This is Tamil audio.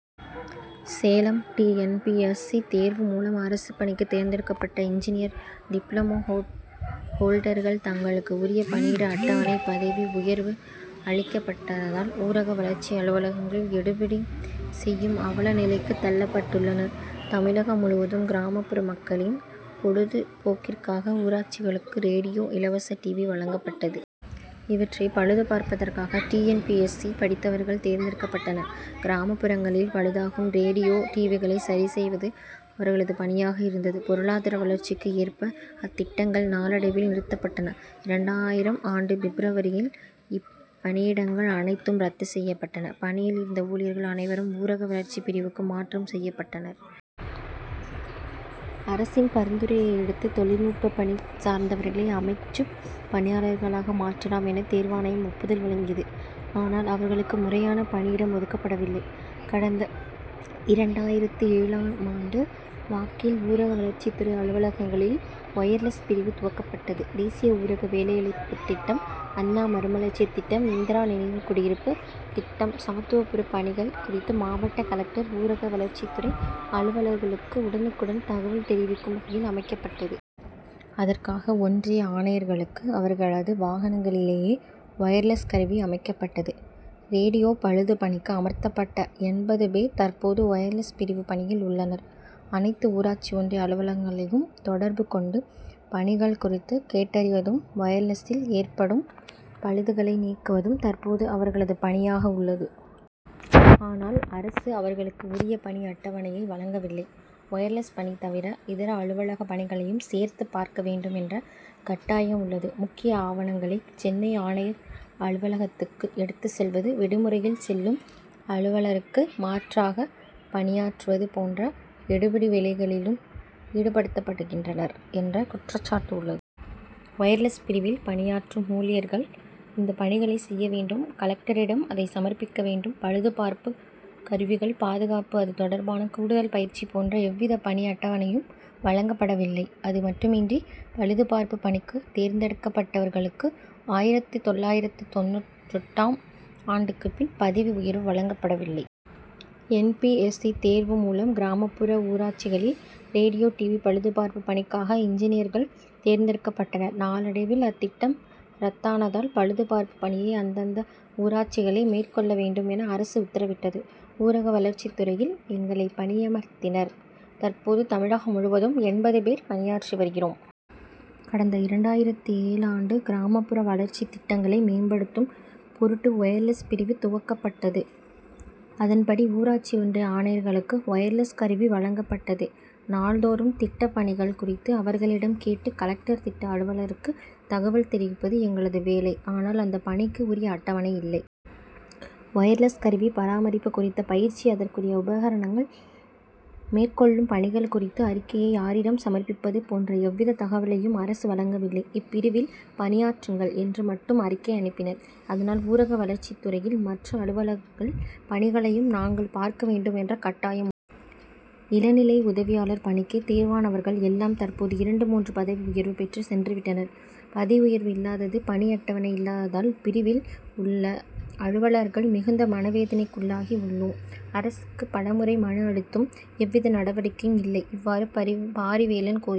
Salem T. N. P. S. C. தேர்வு மூலம் அரசுப் பணிக்கு தேர்ந்தெடுக்கப்பட்ட இன்ஜினியர் டிப்ளமோ ஹோல்டர்கள் தங்களுக்கு உரிய பணியிட அட்டவணை பதவி உயர்வு அளிக்கப்படாததால் ஊரக வளர்ச்சி அலுவலகங்களில் எடுபிடி வேலை செய்யும் அவல நிலைக்கு தள்ளப்பட்டுள்ளனர். தமிழகம் முழுவதும் கிராமப்புற மக்களின் பொழுது போக்கிற்காக ஊராட்சிகளுக்கு ரேடியோ இலவச டிவி வழங்கப்பட்டது. இவற்றை பழுது பார்ப்பதற்காக T. N. P. S. C. படித்தவர்கள் தேர்ந்தெடுக்கப்பட்டனர். கிராமப்புறங்களில் பழுதாகும் ரேடியோ டிவிகளை சரிசெய்வது அவர்களது பணியாக இருந்தது. பொருளாதார வளர்ச்சிக்கு ஏற்ப அத்திட்டங்கள் நாளடைவில் நிறுத்தப்பட்டன. இரண்டாயிரம் ஆண்டு பிப்ரவரியில் இப்பணியிடங்கள் அனைத்தும் ரத்து செய்யப்பட்டன. பணியில் இருந்த ஊழியர்கள் அனைவரும் ஊரக வளர்ச்சிப் பிரிவுக்கு மாற்றம் செய்யப்பட்டனர். அரசின் பரிந்துரையையடுத்து தொழில்நுட்ப பணி சார்ந்தவர்களை அமைச்சுப் பணியாளர்களாக மாற்றலாம் என தேர்வாணையம் ஒப்புதல் வழங்கியது. ஆனால் அவர்களுக்கு முறையான பணியிடம் ஒதுக்கப்படவில்லை. கடந்த இரண்டாயிரத்து ஏழு ஆண்டு வாக்கில் ஊரக வளர்ச்சித்துறை அலுவலகங்களில் ஒயர்லெஸ் பிரிவு துவங்கப்பட்டது. தேசிய ஊரக வேலையளிப்புத் திட்டம் அண்ணா மறுமலர்ச்சி திட்டம் இந்திரா நினைவு குடியிருப்பு திட்டம் சமத்துவபுரப் பணிகள் குறித்து மாவட்ட கலெக்டர் ஊரக வளர்ச்சித்துறை அலுவலர்களுக்கு உடனுக்குடன் தகவல் தெரிவிக்கும் வகையில் அமைக்கப்பட்டது. அதற்காக ஒன்றிய ஆணையர்களுக்கு அவர்களது வாகனங்களிலேயே ஒயர்லெஸ் கருவி அமைக்கப்பட்டது. ரேடியோ பழுது பணிக்கு அமர்த்தப்பட்ட எண்பது பேர் தற்போது ஒயர்லெஸ் பிரிவு பணியில் உள்ளனர். அனைத்து ஊராட்சி ஒன்றிய அலுவலகங்களையும் தொடர்பு கொண்டு பணிகள் குறித்து கேட்டறிவதும் ஒயர்லெசில் ஏற்படும் பழுதுகளை நீக்குவதும் தற்போது அவர்களது பணியாக உள்ளது. ஆனால் அரசு அவர்களுக்கு உரிய பணி அட்டவணையை வழங்கவில்லை. ஒயர்லெஸ் பணி தவிர இதர அலுவலக பணிகளையும் சேர்த்து பார்க்க வேண்டும் என்ற கட்டாயம் உள்ளது. முக்கிய ஆவணங்களை சென்னை ஆணையர் அலுவலகத்துக்கு எடுத்து செல்வது விடுமுறையில் செல்லும் அலுவலருக்கு மாற்றாக பணியாற்றுவது போன்ற எடுபிடி வேலைகளிலும் ஈடுபடுத்தப்படுகின்றனர் என்ற குற்றச்சாட்டு உள்ளது. ஒயர்லெஸ் பிரிவில் பணியாற்றும் ஊழியர்கள் இந்த பணிகளை செய்ய வேண்டும் கலெக்டரிடம் அதை சமர்ப்பிக்க வேண்டும் பழுது பார்ப்பு கருவிகள் பாதுகாப்பு அது தொடர்பான கூடுதல் பயிற்சி போன்ற எவ்வித பணி அட்டவணையும் வழங்கப்படவில்லை. அது மட்டுமின்றி பழுது பார்ப்பு பணிக்கு தேர்ந்தெடுக்கப்பட்டவர்களுக்கு ஆயிரத்து தொள்ளாயிரத்து தொண்ணூற்றெட்டாம் ஆண்டுக்கு பின் பதவி உயர்வு வழங்கப்படவில்லை. என். பி. எஸ். சி. தேர்வு மூலம் கிராமப்புற ஊராட்சிகளில் ரேடியோ டிவி பழுதுபார்ப்பு பணிக்காக இன்ஜினியர்கள் தேர்ந்தெடுக்கப்பட்டனர். நாளடைவில் அத்திட்டம் ரத்தானதால் பழுது பார்ப்பு பணியை அந்தந்த ஊராட்சிகளே மேற்கொள்ள வேண்டும் என அரசு உத்தரவிட்டது. ஊரக வளர்ச்சித்துறையில் எங்களை பணியமர்த்தினர். தற்போது தமிழகம் முழுவதும் எண்பது பேர் பணியாற்றி வருகிறோம். கடந்த இரண்டாயிரத்து ஏழு ஆண்டு கிராமப்புற வளர்ச்சித் திட்டங்களை மேம்படுத்தும் பொருட்டு ஒயர்லெஸ் பிரிவு துவங்கப்பட்டது. அதன்படி ஊராட்சி ஒன்றிய ஆணையர்களுக்கு ஒயர்லெஸ் கருவி வழங்கப்பட்டது. நாள்தோறும் திட்டப்பணிகள் குறித்து அவர்களிடம் கேட்டு கலெக்டர் திட்ட அலுவலருக்கு தகவல் தெரிவிப்பது எங்களது வேலை. ஆனால் அந்த பணிக்கு உரிய அட்டவணை இல்லை. ஒயர்லெஸ் கருவி பராமரிப்பு குறித்த பயிற்சி அதற்குரிய உபகரணங்கள் மேற்கொள்ளும் பணிகள் குறித்த அறிக்கையை யாரிடம் சமர்ப்பிப்பது போன்ற எவ்வித தகவலையும் அரசு வழங்கவில்லை. இப்பிரிவில் பணியாற்றுங்கள் என்று மட்டும் அறிக்கை அனுப்பினர். அதனால் ஊரக வளர்ச்சித் துறையில் மற்ற அலுவலர்கள் பணிகளையும் நாங்கள் பார்க்க வேண்டும் என்ற கட்டாயம் உள்ளது. இளநிலை உதவியாளர் பணிக்கு தேர்வானவர்கள் எல்லாம் தற்போது இரண்டு மூன்று பதவி உயர்வு பெற்று சென்று விட்டனர். பதவி உயர்வு இல்லாதது பணி அட்டவணை இல்லாததால் இப்பிரிவில் உள்ள அலுவலர்கள் மிகுந்த மனவேதனைக்குள்ளாகி உள்ளோம். அரசுக்கு பலமுறை மனு அளித்தும் எவ்வித நடவடிக்கையும் இல்லை. இவ்வாறு பாரிவேலன் கூறினார்.